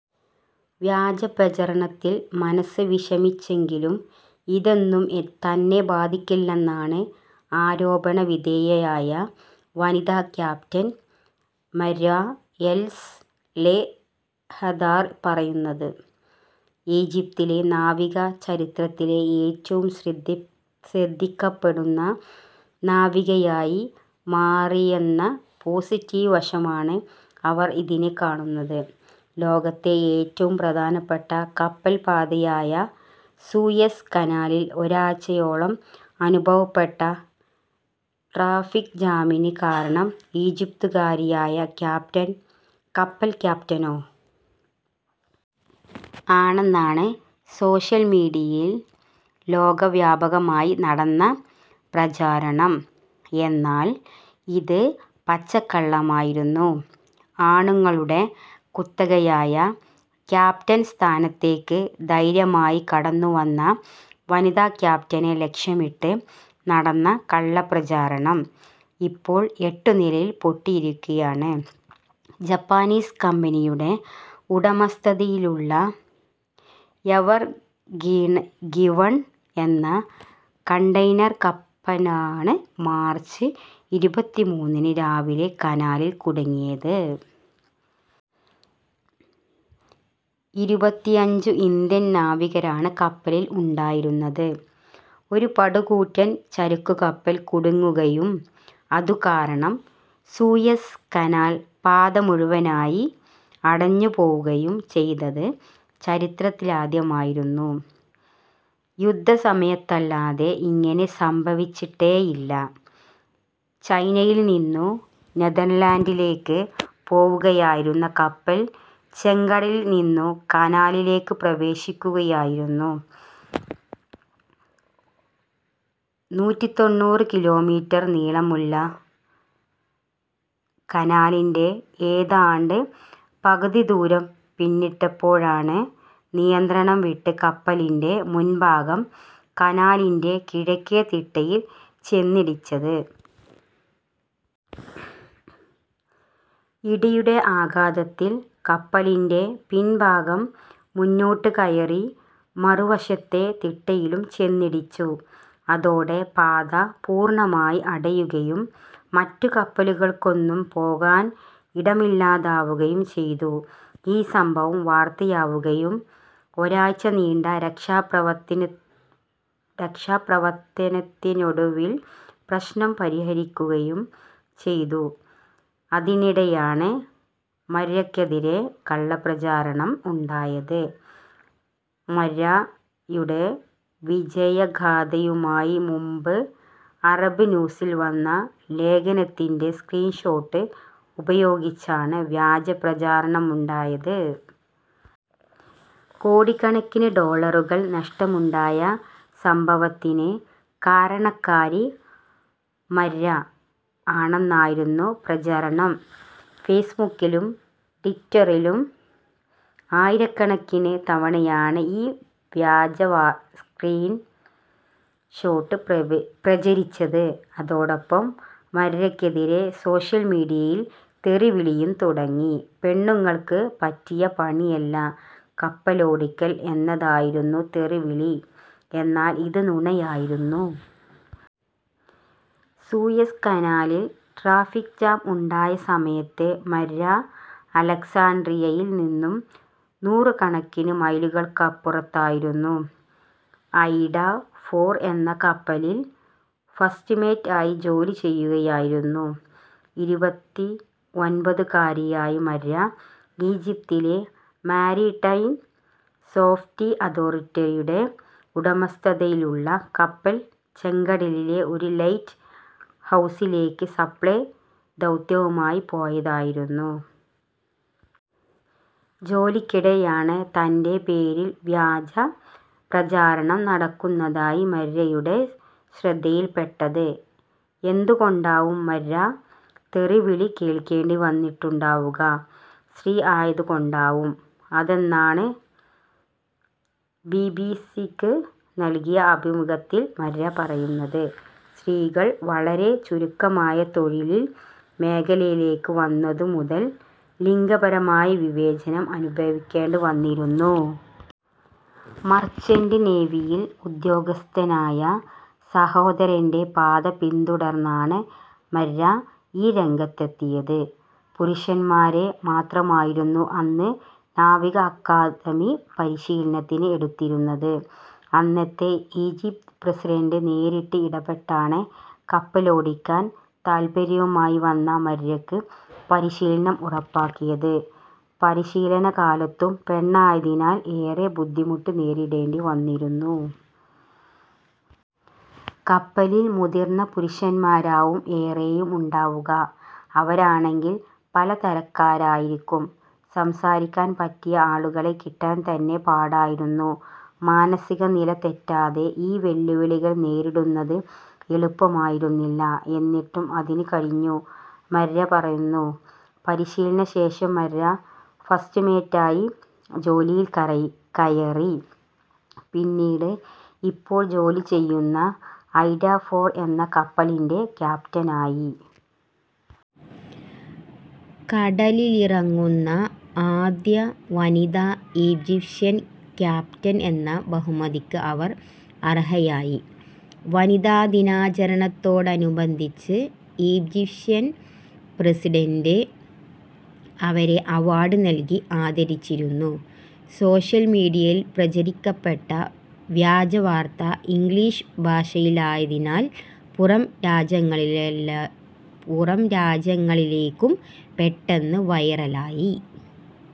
വ്യാജപ്രചാരണത്തിൽ മനസ്സ് വിഷമിച്ചെങ്കിലും, ഇതൊന്നും തന്നെ ബാധിക്കില്ലെന്നാണ് ആരോപണ വിധേയയായ വനിതാ ക്യാപ്റ്റൻ മര്വ എല്സ് ലെഹദാർ പറയുന്നത്. ഈജിപ്തിലെ നാവിക ചരിത്രത്തിലെ ഏറ്റവും ശ്രദ്ധിക്കപ്പെടുന്ന നാവികയായി മാറിയെന്ന പോസിറ്റീവ് വശമാണ് അവർ ഇതിനെ കാണുന്നത്. ലോകത്തെ ഏറ്റവും പ്രധാനപ്പെട്ട കപ്പൽ പാതയായ സൂയസ് കനാലിൽ ഒരാഴ്ചയോളം അനുഭവപ്പെട്ട ട്രാഫിക് ജാമിന് കാരണം ഈജിപ്തുകാരിയായ കപ്പൽ ക്യാപ്റ്റനോ? ആണെന്നാണ് സോഷ്യൽ മീഡിയയിൽ ലോകവ്യാപകമായി നടന്ന പ്രചാരണം. എന്നാൽ, ഇത് പച്ചക്കള്ളമായിരുന്നു. ആണുങ്ങളുടെ കുത്തകയായ ക്യാപറ്റൻ സ്ഥാനത്തേക്ക് ധൈര്യമായി കടന്നു വന്ന വനിതാ ക്യാപ്റ്റനെ ലക്ഷ്യമിട്ട് നടന്ന കള്ളപ്രചാരണം ഇപ്പോൾ എട്ടുനിലയിൽ പൊട്ടിയിരിക്കുകയാണ്. ജപ്പാനീസ് കമ്പനിയുടെ ഉടമസ്ഥതയിലുളള എവർഗിവൺ എന്ന കണ്ടെയിനർ കപ്പലാണ് മാർച്ച് ഇരുപത്തിമൂന്നിന് രാവിലെ കനാലിൽ കുടുങ്ങിയത്. ഇരുപത്തിയഞ്ചു ഇന്ത്യൻ നാവികരാണ് കപ്പലിൽ ഉണ്ടായിരുന്നത്. ഒരു പടുകൂറ്റൻ ചരക്കുകപ്പൽ കുടുങ്ങുകയും അതുകാരണം സൂയസ് കനാൽ പാത മുഴുവനായി അടഞ്ഞുപോവുകയും ചെയ്തത്ചരിത്രത്തിലാദ്യമായിരുന്നു. യുദ്ധസമയത്തല്ലാതെ ഇങ്ങനെ സംഭവിച്ചിട്ടേയില്ല. ചൈനയിൽ നിന്നു നെതെർലാന്റിലേക്ക് പോവുകയായിരുന്ന കപ്പൽ ചെങ്കടലിൽ നിന്നു കനാലിലേക്കു പ്രവേശിക്കുകയായിരുന്നു. നൂറ്റിത്തൊണ്ണൂറ്‍ കിലോമീറ്റർ നീളമുള്ള കനാലിന്റെ ഏതാണ്ട് പകുതിദൂരം പിന്നിട്ടപ്പോഴാണ് നിയന്ത്രണം വിട്ട് കപ്പലിന്റെ മുൻഭാഗം കനാലിന്റെ കിഴക്കെ തിട്ടയിൽ ചെന്നിടിച്ചത്. ഇടിയുടെ ആഘാതത്തിൽ കപ്പലിന്റെ പിൻഭാഗം മുന്നോട്ടുകയറി മറുവശത്തെ തിട്ടയിലും ചെന്നിടിച്ചു. അതോടെ പാത പൂർണ്ണമായി അടയുകയും മറ്റു കപ്പലുകൾക്കൊന്നും പോകാൻ ഇടമില്ലാതാവുകയും ചെയ്തു. ഈ സംഭവം വാർത്തയാവുകയും ഒരാഴ്ച നീണ്ട രക്ഷാപ്രവർത്തനത്തിനൊടുവിൽ പ്രശ്നം പരിഹരിക്കുകയും ചെയ്തു. അതിനിടെയാണ്, മര്വക്കെതിരെ കള്ള പ്രചാരണം ഉണ്ടായത്. മര്വയുടെ വിജയഗാഥയുമായി മുമ്പ് അറബ് ന്യൂസിൽ വന്ന ലേഖനത്തിന്റെ സ്ക്രീൻ ഷോട്ട് ഉപയോഗിച്ചാണ് വ്യാജ പ്രചാരണമുണ്ടായത്. കോടിക്കണക്കിന് ഡോളറുകൾ നഷ്ടമുണ്ടായ സംഭവത്തിന് കാരണക്കാരി മര്വ ആണെന്നായിരുന്നു പ്രചാരണം. ഫേസ്ബുക്കിലും ട്വിറ്ററിലും ആയിരക്കണക്കിന് തവണയാണ് ഈ വ്യാജ സ്ക്രീൻ ഷോട്ട് പ്രചരിച്ചത്. അതോടൊപ്പം, മര്വക്കെതിരെ സോഷ്യൽ മീഡിയയിൽ തെറിവിളിയും തുടങ്ങി. പെണ്ണുങ്ങൾക്ക് പറ്റിയ പണിയല്ല കപ്പലോടിക്കൽ എന്നായിരുന്നു തെറിവിളി. എന്നാൽ, ഇത് നുണയായിരുന്നു. സൂയസ് കനാലിൽ ട്രാഫിക് ജാം ഉണ്ടായ സമയത്ത് മര്വ അലക്സാൻഡ്രിയയിൽ നിന്നും നൂറുകണക്കിന് മൈലുകൾക്കപ്പുറത്തായിരുന്നു. ഐഡ ഫോർ എന്ന കപ്പലിൽ ഫസ്റ്റ്മേറ്റ് ആയി ജോലി ചെയ്യുകയായിരുന്നു ഇരുപത്തിഒമ്പതുകാരിയായ മര്വ. ഈജിപ്തിലെ മാരിടൈം സേഫ്റ്റി അതോറിറ്റിയുടെ ഉടമസ്ഥതതയിലുള്ള കപ്പൽ ചെങ്കടലിലെ ഒരു ലൈറ്റ് ഹൗസിലേക്ക് സപ്ലൈ ദൗത്യവുമായി പോയതായിരുന്നു. ജോലിക്കിടെയാണ്, തന്റെ പേരിൽ വ്യാജപ്രചാരണം നടക്കുന്നതായി മര്വയുടെ ശ്രദ്ധയിൽ പെട്ടത്. എന്തു കൊണ്ടാവും മര്വ തെറിവിളി കേൾക്കേണ്ടി വന്നിട്ടുണ്ടാവുക? സ്ത്രീ ആയതു കൊണ്ടാവും അതെന്നാണ് ബിബിസിക്ക് നൽകിയ അഭിമുഖത്തിൽ മര്വ പറയുന്നത്. സ്ത്രീകൾ വളരെ ചുരുക്കമായ തൊഴിൽ മേഖലയിലേക്ക് വന്നതു മുതൽ ലിംഗപരമായ വിവേചനം അനുഭവിക്കേണ്ടി വന്നിരുന്നു. മർച്ചന്റ് നേവിയിൽ ഉദ്യോഗസ്ഥനായ സഹോദരന്റെ പാത പിന്തുടർന്നാണ് മര്വ ഈ രംഗത്തെത്തിയത്. പുരുഷന്മാരെ മാത്രമായിരുന്നു അന്ന് നാവിക അക്കാദമി പരിശീലനത്തിന് എടുത്തിരുന്നത്. അന്നത്തെ ഈജിപ്ത് പ്രസിഡന്റ് നേരിട്ട് ഇടപെട്ടാണ് കപ്പലോടിക്കാൻ താൽപര്യവുമായി വന്ന മര്വയ്ക്ക് പരിശീലനം ഉറപ്പാക്കിയത്. പരിശീലന കാലത്തും പെണ്ണായതിനാൽ ഏറെ ബുദ്ധിമുട്ടു നേരിടേണ്ടി വന്നിരുന്നു. '' കപ്പലിൽ മുതിർന്ന പുരുഷന്മാരാവും ഏറെയും ഉണ്ടാവുക. അവരാണെങ്കിൽ പല തരക്കാരായിരിക്കും. സംസാരിക്കാൻ പറ്റിയ ആളുകളെ കിട്ടാൻ തന്നെ പാടായിരുന്നു. മാനസിക നില തെറ്റാതെ, ഈ വെല്ലുവിളികൾ നേരിടുന്നത് എളുപ്പമായിരുന്നില്ല. എന്നിട്ടും അതിനു കഴിഞ്ഞു''മര്വ പറയുന്നു. പരിശീലനശേഷം മര്വ ഫസ്റ്റ്മേറ്റായി ജോലിയിൽ കയറി. പിന്നീട്, ഇപ്പോൾ ജോലി ചെയ്യുന്ന ഐഡ ഫോർ എന്ന കപ്പലിന്റെ ക്യാപ്റ്റനായി. കടലിലിറങ്ങുന്ന ആദ്യ വനിതാ ഈജിപ്ഷ്യൻ ക്യാപ്റ്റൻ എന്ന ബഹുമതിക്ക് അവർ അർഹയായി. വനിതാ ദിനാചരണത്തോടനുബന്ധിച്ച് ഈജിപ്ഷ്യൻ പ്രസിഡന്റ് അവരെ അവാർഡ് നല്കി ആദരിച്ചിരുന്നു. സോഷ്യൽ മീഡിയയിൽ പ്രചരിക്കപ്പെട്ട വ്യാജ വാർത്ത ഇംഗ്ലീഷ് ഭാഷയിലായതിനാൽ പുറം രാജ്യങ്ങളിലേക്കും പെട്ടെന്ന് വൈറലായി.